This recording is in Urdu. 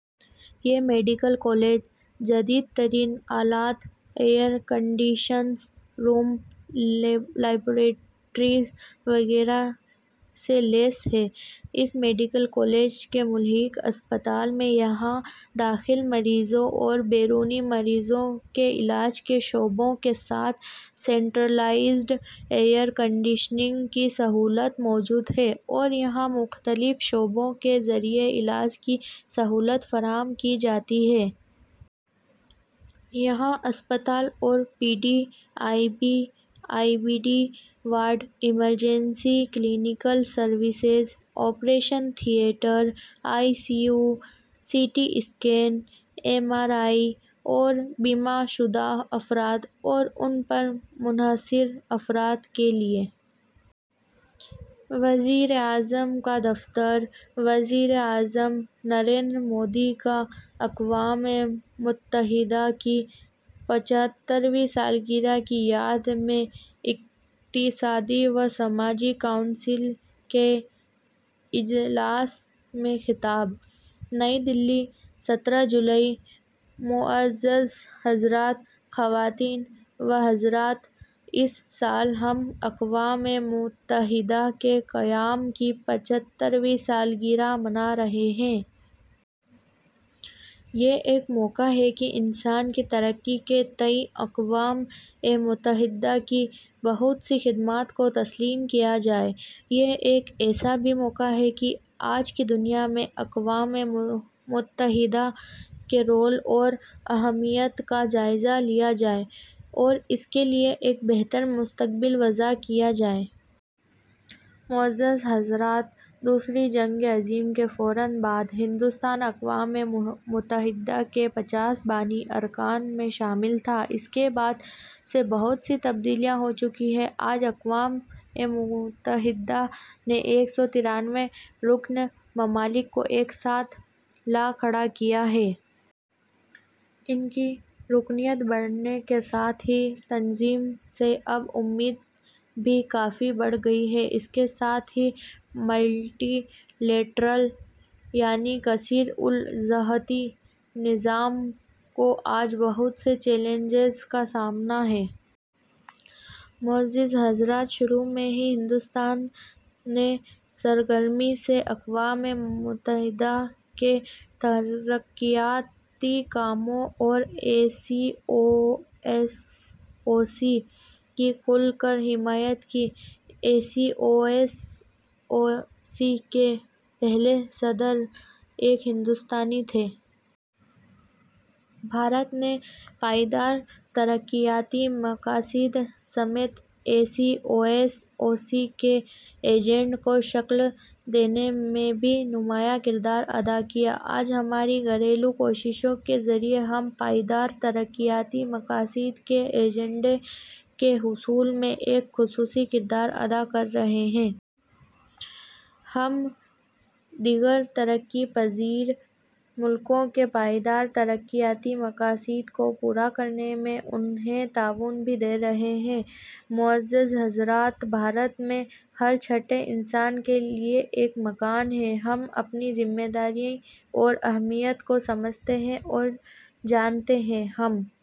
یہ میڈیکل کالج جدید ترین آلات، ایئر کنڈیشنڈ رومز، لیبارٹریز وغیرہ سے لیس ہیں۔ اس میڈیکل کالج سے منسلک اسپتال میں یہاں داخل مریضوں اور بیرونی مریضوں کے علاج کے شعبوں کے ساتھ سینٹرلائزڈ ایئر کنڈیشننگ کی سہولت موجود ہے اور یہاں مختلف شعبوں کے ذریعے علاج کی سہولت فراہم کی جاتی ہے۔ یہاں اسپتال اور P D, I B D ward, emergency, clinical services, operation theatre, I C U, C T scan, M R I اور بیمہ شدہ افراد اور ان پر منحصر افراد کے لیے۔ وزیراعظم کا دفتر وزیر اعظم نریندر مودی کا اقوام متحدہ کی پچھترویں سالگرہ کی یاد میں اقتصادی و سماجی کونسل کے اجلاس میں خطاب۔ نئی دہلی، سترہ جولائی۔ معزز حضرات، خواتین و حضرات، اس سال ہم اقوام متحدہ کے قیام کی پچھترویں سالگرہ منا رہے ہیں۔ یہ ایک موقع ہے کہ انسان کی ترقی کے تئیں اقوام متحدہ کی بہت سی خدمات کو تسلیم کیا جائے۔ یہ ایک ایسا بھی موقع ہے کہ آج کی دنیا میں اقوام متحدہ کے رول اور اہمیت کا جائزہ لیا جائے اور اس کے لیے ایک بہتر مستقبل وضع کیا جائے۔ معزز حضرات، دوسری جنگ عظیم کے فوراً بعد ہندوستان اقوام متحدہ کے پچاس بانی ارکان میں شامل تھا۔ اس کے بعد سے بہت سی تبدیلیاں ہو چکی ہیں۔ آج اقوام متحدہ نے ایک سو ترانوے رکن ممالک کو ایک ساتھ لا کھڑا کیا ہے۔ اس کی رکنیت بڑھنے کے ساتھ ہی تنظیم سے اب امیدیں بھی کافی بڑھ گئی ہیں۔ اس کے ساتھ ہی ملٹی لیٹرل یعنی کثیر الجہتی نظام کو آج بہت سے چیلنجز کا سامنا ہے۔ معزز حضرات، شروع سے ہی ہندوستان نے سرگرمی سے اقوام متحدہ کے ترقیاتی کاموں اور ای سی او ایس او سی کی کھل کر حمایت کی ہے۔ ای سی او ایس او سی کے پہلے صدر ایک ہندوستانی تھے۔ بھارت نے پائیدار ترقیاتی مقاصد سمیت ای سی او ایس او سی کے ایجنڈے کو شکل دینے میں بھی نمایاں کردار ادا کیا۔ آج ہماری گھریلو کوششوں کے ذریعے ہم پائیدار ترقیاتی مقاصد کے ایجنڈے کے حصول میں ایک خصوصی کردار ادا کر رہے ہیں۔ ہم دیگر ترقی پذیر ملکوں کے پائیدار ترقیاتی مقاصد کو پورا کرنے میں انہیں تعاون بھی دے رہے ہیں۔ معزز حضرات، بھارت میں ہر چھٹے انسان کے لیے ایک مکان ہے۔ ہم اپنی ذمہ داری اور اہمیت کو سمجھتے ہیں اور جانتے ہیں۔ ہم